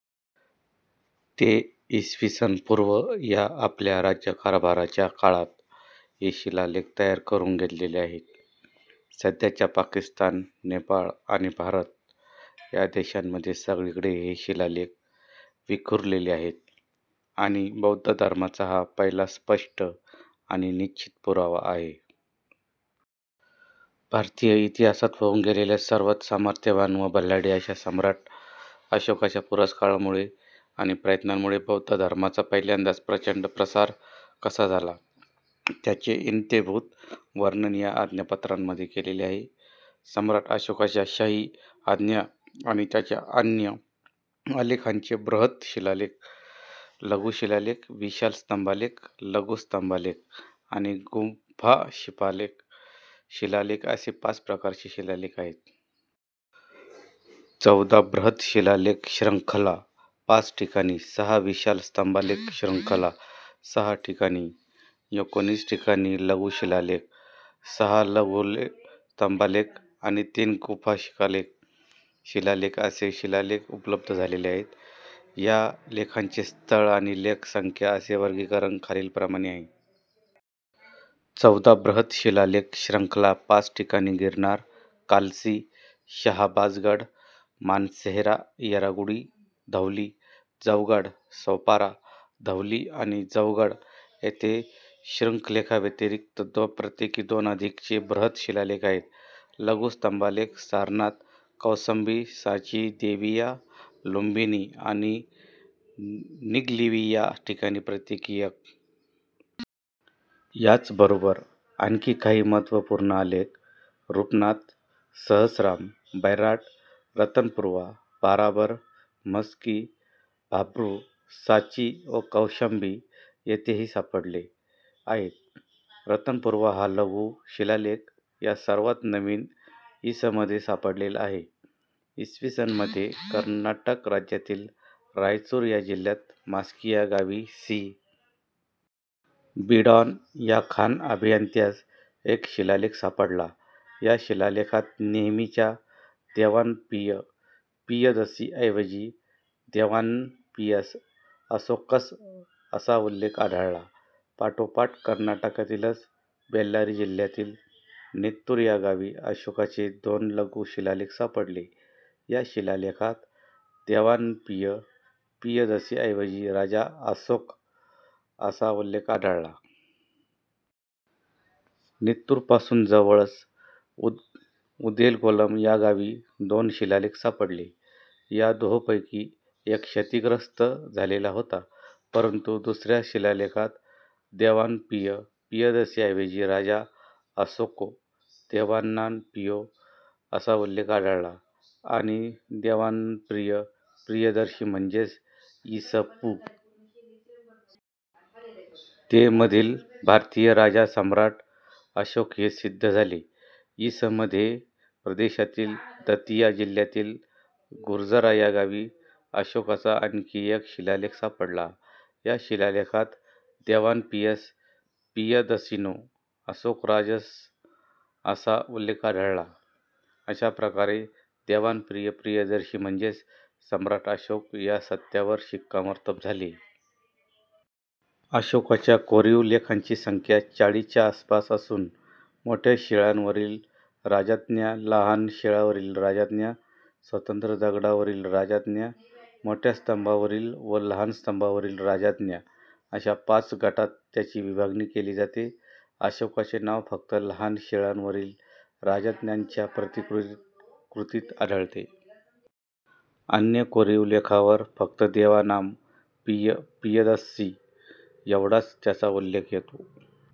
ते इ. स. पू. या आपल्या राज्यकारभाराच्या काळात हे शिलालेख तयार करून घेतलेले आहेत. सध्याच्या पाकिस्तान, नेपाळ आणि भारत या देशांमध्ये सगळीकडे हे शिलालेख विखुरलेले आहेत आणि बौद्ध धर्माचा हा पहिला स्पष्ट आणि निश्चित पुरावा आहे. भारतीय इतिहासात होऊन गेलेल्या सर्वात सामर्थ्यवान व बलाढ्य अशा सम्राट अशोकाच्या पुरस्कारामुळे आणि प्रयत्नांमुळे बौद्ध धर्माचा पहिल्यांदाच प्रचंड प्रसार कसा झाला त्याचे इत्थंभूत वर्णन या आज्ञापत्रांमध्ये केलेले आहे. सम्राट अशोकाच्या शाही आज्ञा आणि त्याच्या अन्य आलेखांचे बृहद शिलालेख, लघु शिलालेख, विशाल स्तंभालेख, लघु स्तंभालेख आणि गुंफा शिलालेख असे पाच प्रकारचे शिलालेख आहेत. चौदा बृहद शिलालेख शृंखला पाच ठिकाणी, सहा विशाल स्तंभालेख शृंखला सहा ठिकाणी, एकोणीस ठिकाणी लघु शिलालेख, सहा लघु स्तंभालेख आणि तीन गुंफा-शिलालेख असे शिलालेख उपलब्ध झाले आहेत. या लेखांचे स्थळ आणि लेख-संख्या असे वर्गीकरण खालील प्रमाणे आहे. चौदा बृहद शिलालेख शृंखला पाच ठिकाणी गिरनार, कालसी, शहाबाजगढ, मानसेहरा येरागुडी, धौली, जौगड, सोपारा. धौली आणि जौगड येथे शृंखलेव्यतिरिक्त प्रत्येकी दोन अधिकचे बृहद शिलालेख आहेत. लघु स्तंभालेख सारनाथ, कौसंबी, सॉंची, देविया, लुंबिनी आणि निगलिवा या ठिकाणी प्रत्येकी एक. याचबरोबर आणखी काही महत्त्वपूर्ण आलेख रूपनाथ, सहसराम, बैराट, रतनपूर्वा, बाराबर, मस्की, भाब्रू, सॉंची व कौशांबी येथेही सापडले आहेत. रतनपूर्वा हा लधु शिलालेख या सर्वांत नवीन इ. स. मधे सापडलेला आहे. इसवीसन मधे कर्नाटक राज्यातील रायचूर या जिल्ह्यात मास्की या गावी सी. बिडॉन या खाण अभियंत्यास एक शिलालेख सापडला. या शिलालेखात नेहेमीच्या "देवानांपिय पियदसि" ऐवजी "देवानांपियस असोकस" असा उल्लेख आढळला. पाठोपाठ कर्नाटकातीलच बेल्लारी जिल्ह्यातील नित्तूर या गावी अशोकाचे दोन लघु-शिलालेख सापडले. या शिलालेखात "देवानांपिय पियदसि" ऐवजी "राजा असोक" असा उल्लेख आढळला. नित्तूरपासून जवळच उदेलगोलम या गावी दोन शिलालेख सापडले. या दोहोंपैकी एक क्षतिग्रस्त झालेला होता परंतु दुसऱ्या शिलालेखात "देवानांपिय पियदसि" ऐवजी "राजा असोको देवानांपियो" असा उल्लेख आढळला. आणि देवानांप्रिय प्रियदर्शी म्हणजेच इ. स. पू. ते मधील भारतीय राजा सम्राट अशोक हे सिद्ध झाले. इ. स. मधे मध्य प्रदेशातील दतिया जिल्ह्यातील गुजर्रा या गावी अशोकाचा आणखी एक शिलालेख सापडला या शिलालेखात "देवानांपियस पियदसिनो असोकराजस" असा उल्लेख आढळला. अशा प्रकारे देवानांप्रिय प्रियदर्शी म्हणजेच सम्राट अशोक, या सत्यावर शिक्कामोर्तब झाले. अशोकाच्या कोरीव लेखांची संख्या चाळीसच्या आसपास असून मोठ्या शिळांवरील राजाज्ञा, लहान शिळांवरील राजाज्ञा, स्वतंत्र दगडावरील राजाज्ञा, मोठ्या स्तंभावरील व लहान स्तंभावरील राजाज्ञा अशा पाच गटात त्याची विभागणी केली जाते. अशोकाचे नाव फक्त लहान शिळांवरील राजाज्ञांच्या प्रतिकृतीत आढळते. अन्य कोरीव लेखांवर फक्त देवानाम पिय पियदस्सी एवढाच त्याचा उल्लेख येतो.